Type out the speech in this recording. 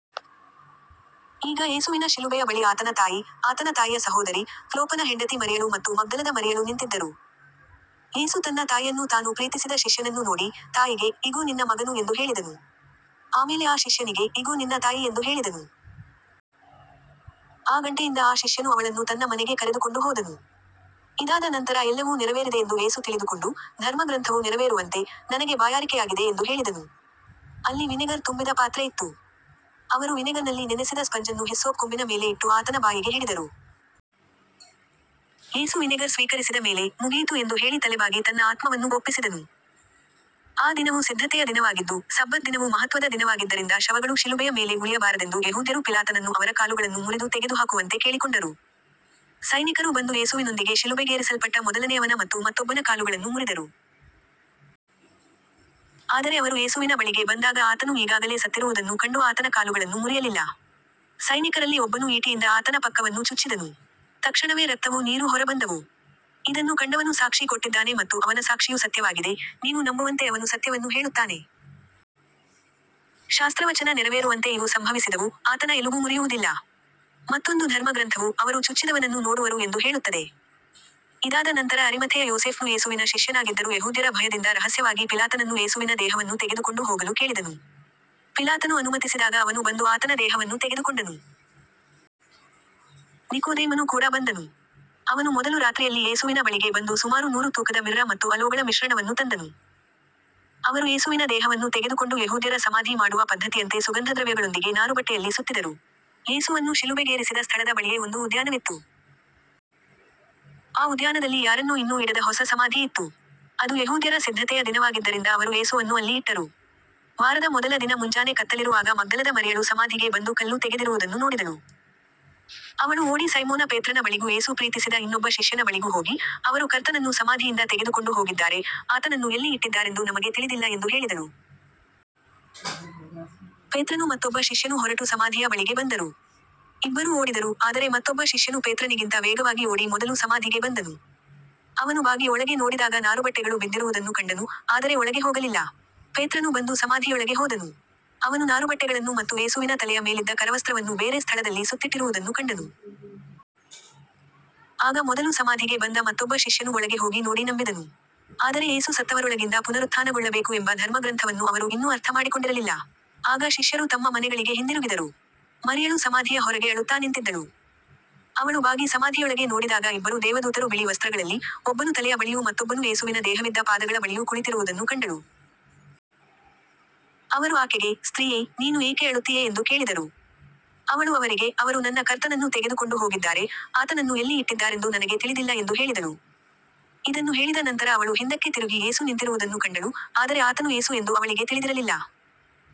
ಈಗ ಯೇಸುವಿನ ಶಿಲುಬೆಯ ಬಳಿ ಆತನ ತಾಯಿ, ಆತನ ತಾಯಿಯ ಸಹೋದರಿ, ಕ್ಲೋಪನ ಹೆಂಡತಿ ಮರಿಯಳು ಮತ್ತು ಮಗ್ದಲದ ಮರಿಯಳು ನಿಂತಿದ್ದರು. ಯೇಸು ತನ್ನ ತಾಯಿಯನ್ನೂ ತಾನು ಪ್ರೀತಿಸಿದ ಶಿಷ್ಯನನ್ನೂ ನೋಡಿ, ತಾಯಿಗೆ, ಇಗೋ ನಿನ್ನ ಮಗನು ಎಂದು ಹೇಳಿದನು. ಆಮೇಲೆ ಆ ಶಿಷ್ಯನಿಗೆ, ಇಗೋ ನಿನ್ನ ತಾಯಿ ಎಂದು ಹೇಳಿದನು. ಆ ಗಂಟೆಯಿಂದ ಆ ಶಿಷ್ಯನು ಅವಳನ್ನು ತನ್ನ ಮನೆಗೆ ಕರೆದುಕೊಂಡು ಹೋದನು. ಇದಾದ ನಂತರ ಎಲ್ಲವೂ ನೆರವೇರಿದೆಯೆಂದು ಯೇಸು ತಿಳಿದುಕೊಂಡು, ಧರ್ಮಗ್ರಂಥವು ನೆರವೇರುವಂತೆ, ನನಗೆ ಬಾಯಾರಿಕೆಯಾಗಿದೆ ಎಂದು ಹೇಳಿದನು. ಅಲ್ಲಿ ವಿನೆಗರ್ ತುಂಬಿದ ಪಾತ್ರೆ ಇತ್ತು. ಅವರು ವಿನೆಗರ್‌ನಲ್ಲಿ ನೆನೆಸಿದ ಸ್ಪಂಜನ್ನು ಹಿಸ್ಸೋಪ್ ಕೊಂಬಿನ ಮೇಲೆ ಇಟ್ಟು ಆತನ ಬಾಯಿಗೆ ಹಿಡಿದರು. ಯೇಸು ವಿನೆಗರ್ ಸ್ವೀಕರಿಸಿದ ಮೇಲೆ, ಮುಗಿಯಿತು ಎಂದು ಹೇಳಿ ತಲೆಬಾಗಿ ತನ್ನ ಆತ್ಮವನ್ನು ಒಪ್ಪಿಸಿದನು. ಆ ದಿನವು ಸಿದ್ಧತೆಯ ದಿನವಾಗಿದ್ದು, ಸಬ್ಬತ್ ದಿನವು ಮಹತ್ವದ ದಿನವಾಗಿದ್ದರಿಂದ ಶವಗಳು ಶಿಲುಬೆಯ ಮೇಲೆ ಉಳಿಯಬಾರದೆಂದು ಯೆಹೂದ್ಯರು ಪಿಲಾತನನ್ನು ಅವರ ಕಾಲುಗಳನ್ನು ಮುರಿದು ತೆಗೆದುಹಾಕುವಂತೆ ಕೇಳಿಕೊಂಡರು. ಸೈನಿಕರು ಬಂದು ಯೇಸುವಿನೊಂದಿಗೆ ಶಿಲುಬೆಗೇರಿಸಲ್ಪಟ್ಟ ಮೊದಲನೆಯವನ ಮತ್ತು ಮತ್ತೊಬ್ಬನ ಕಾಲುಗಳನ್ನು ಮುರಿದರು. ಆದರೆ ಅವರು ಯೇಸುವಿನ ಬಳಿಗೆ ಬಂದಾಗ ಆತನು ಈಗಾಗಲೇ ಸತ್ತಿರುವುದನ್ನು ಕಂಡು ಆತನ ಕಾಲುಗಳನ್ನು ಮುರಿಯಲಿಲ್ಲ. ಸೈನಿಕರಲ್ಲಿ ಒಬ್ಬನು ಈಟಿಯಿಂದ ಆತನ ಪಕ್ಕವನ್ನು ಚುಚ್ಚಿದನು. ತಕ್ಷಣವೇ ರಕ್ತವೂ ನೀರೂ ಹೊರಬಂದವು. ಇದನ್ನು ಕಂಡವನು ಸಾಕ್ಷಿ ಕೊಟ್ಟಿದ್ದಾನೆ ಮತ್ತು ಅವನ ಸಾಕ್ಷಿಯು ಸತ್ಯವಾಗಿದೆ, ನೀವು ನಂಬುವಂತೆ ಅವನು ಸತ್ಯವನ್ನು ಹೇಳುತ್ತಾನೆ. ಶಾಸ್ತ್ರವಚನ ನೆರವೇರುವಂತೆ ಇವು ಸಂಭವಿಸಿದವು, ಆತನ ಎಲುಬು ಮುರಿಯುವುದಿಲ್ಲ. ಮತ್ತೊಂದು ಧರ್ಮಗ್ರಂಥವು, ಅವರು ಚುಚ್ಚಿದವನನ್ನು ನೋಡುವರು ಎಂದು ಹೇಳುತ್ತದೆ. ಇದಾದ ನಂತರ ಅರಿಮಥೆಯ ಯೋಸೇಫನು ಯೇಸುವಿನ ಶಿಷ್ಯನಾಗಿದ್ದರೂ ಯೆಹೂದ್ಯರ ಭಯದಿಂದ ರಹಸ್ಯವಾಗಿ ಪಿಲಾತನನ್ನು ಯೇಸುವಿನ ದೇಹವನ್ನು ತೆಗೆದುಕೊಂಡು ಹೋಗಲು ಕೇಳಿದನು. ಪಿಲಾತನು ಅನುಮತಿಸಿದಾಗ ಅವನು ಬಂದು ಆತನ ದೇಹವನ್ನು ತೆಗೆದುಕೊಂಡನು. ನಿಕೋದೇಮನು ಕೂಡ ಬಂದನು. ಅವನು ಮೊದಲು ರಾತ್ರಿಯಲ್ಲಿ ಯೇಸುವಿನ ಬಳಿಗೆ ಬಂದು ಸುಮಾರು ನೂರು ತೂಕದ ಮಿರ್ರ ಮತ್ತು ಅಲೋಗಳ ಮಿಶ್ರಣವನ್ನು ತಂದನು. ಅವರು ಯೇಸುವಿನ ದೇಹವನ್ನು ತೆಗೆದುಕೊಂಡು ಯೆಹೂದ್ಯರ ಸಮಾಧಿ ಮಾಡುವ ಪದ್ಧತಿಯಂತೆ ಸುಗಂಧದ್ರವ್ಯಗಳೊಂದಿಗೆ ನಾರುಬಟ್ಟೆಯಲ್ಲಿ ಸುತ್ತಿದರು. ಯೇಸುವನ್ನು ಶಿಲುಬೆಗೇರಿಸಿದ ಸ್ಥಳದ ಬಳಿಯೇ ಒಂದು ಉದ್ಯಾನವಿತ್ತು. ಆ ಉದ್ಯಾನದಲ್ಲಿ ಯಾರನ್ನೂ ಇನ್ನೂ ಇಡದ ಹೊಸ ಸಮಾಧಿ ಇತ್ತು. ಅದು ಯೆಹೂದ್ಯರ ಸಿದ್ಧತೆಯ ದಿನವಾಗಿದ್ದರಿಂದ ಅವರು ಯೇಸುವನ್ನು ಅಲ್ಲಿ ಇಟ್ಟರು. ವಾರದ ಮೊದಲ ದಿನ ಮುಂಜಾನೆ ಕತ್ತಲಿರುವಾಗ ಮಗ್ದಲದ ಮರಿಯಳು ಸಮಾಧಿಗೆ ಬಂದು ಕಲ್ಲು ತೆಗೆದಿರುವುದನ್ನು ನೋಡಿದಳು. ಅವಳು ಓಡಿ ಸೈಮೋನ ಪೇತ್ರನ ಬಳಿಗೂ ಯೇಸು ಪ್ರೀತಿಸಿದ ಇನ್ನೊಬ್ಬ ಶಿಷ್ಯನ ಬಳಿಗೂ ಹೋಗಿ, ಅವರು ಕರ್ತನನ್ನು ಸಮಾಧಿಯಿಂದ ತೆಗೆದುಕೊಂಡು ಹೋಗಿದ್ದಾರೆ, ಆತನನ್ನು ಎಲ್ಲಿ ಇಟ್ಟಿದ್ದಾರೆಂದು ನಮಗೆ ತಿಳಿದಿಲ್ಲ ಎಂದು ಹೇಳಿದಳು. ಪೇತ್ರನೂ ಮತ್ತೊಬ್ಬ ಶಿಷ್ಯನೂ ಹೊರಟು ಸಮಾಧಿಯ ಬಳಿಗೆ ಬಂದರು. ಇಬ್ಬರೂ ಓಡಿದರು, ಆದರೆ ಮತ್ತೊಬ್ಬ ಶಿಷ್ಯನು ಪೇತ್ರನಿಗಿಂತ ವೇಗವಾಗಿ ಓಡಿ ಮೊದಲು ಸಮಾಧಿಗೆ ಬಂದನು. ಅವನು ಬಾಗಿ ಒಳಗೆ ನೋಡಿದಾಗ ನಾರುಬಟ್ಟೆಗಳು ಬಿದ್ದಿರುವುದನ್ನು ಕಂಡನು, ಆದರೆ ಒಳಗೆ ಹೋಗಲಿಲ್ಲ. ಪೇತ್ರನು ಬಂದು ಸಮಾಧಿಯೊಳಗೆ ಹೋದನು. ಅವನು ನಾರುಬಟ್ಟೆಗಳನ್ನು ಮತ್ತು ಯೇಸುವಿನ ತಲೆಯ ಮೇಲಿದ್ದ ಕರವಸ್ತ್ರವನ್ನು ಬೇರೆ ಸ್ಥಳದಲ್ಲಿ ಸುತ್ತಿಟ್ಟಿರುವುದನ್ನು ಕಂಡನು. ಆಗ ಮೊದಲು ಸಮಾಧಿಗೆ ಬಂದ ಮತ್ತೊಬ್ಬ ಶಿಷ್ಯನು ಒಳಗೆ ಹೋಗಿ ನೋಡಿ ನಂಬಿದನು. ಆದರೆ ಯೇಸು ಸತ್ತವರೊಳಗಿಂದ ಪುನರುತ್ಥಾನಗೊಳ್ಳಬೇಕು ಎಂಬ ಧರ್ಮಗ್ರಂಥವನ್ನು ಅವರು ಇನ್ನೂ ಅರ್ಥಮಾಡಿಕೊಂಡಿರಲಿಲ್ಲ. ಆಗ ಶಿಷ್ಯರು ತಮ್ಮ ಮನೆಗಳಿಗೆ ಹಿಂದಿರುಗಿದರು. ಮರಿಯಳು ಸಮಾಧಿಯ ಹೊರಗೆ ಅಳುತ್ತಾ ನಿಂತಿದ್ದಳು. ಅವಳು ಬಾಗಿ ಸಮಾಧಿಯೊಳಗೆ ನೋಡಿದಾಗ ಇಬ್ಬರು ದೇವದೂತರು ಬಿಳಿ ವಸ್ತ್ರಗಳಲ್ಲಿ, ಒಬ್ಬನು ತಲೆಯ ಬಳಿಯೂ ಮತ್ತೊಬ್ಬನು ಯೇಸುವಿನ ದೇಹವಿದ್ದ ಪಾದಗಳ ಬಳಿಯೂ ಕುಳಿತಿರುವುದನ್ನು ಕಂಡಳು. ಅವರು ಆಕೆಗೆ, ಸ್ತ್ರೀಯೇ, ನೀನು ಏಕೆ ಅಳುತ್ತೀಯೆ ಎಂದು ಕೇಳಿದರು. ಅವಳು ಅವರಿಗೆ, ಅವರು ನನ್ನ ಕರ್ತನನ್ನು ತೆಗೆದುಕೊಂಡು ಹೋಗಿದ್ದಾರೆ, ಆತನನ್ನು ಎಲ್ಲಿ ಇಟ್ಟಿದ್ದಾರೆಂದು ನನಗೆ ತಿಳಿದಿಲ್ಲ ಎಂದು ಹೇಳಿದಳು. ಇದನ್ನು ಹೇಳಿದ ನಂತರ ಅವಳು ಹಿಂದಕ್ಕೆ ತಿರುಗಿ ಯೇಸು ನಿಂತಿರುವುದನ್ನು ಕಂಡಳು, ಆದರೆ ಆತನು ಯೇಸು ಎಂದು ಅವಳಿಗೆ ತಿಳಿದಿರಲಿಲ್ಲ.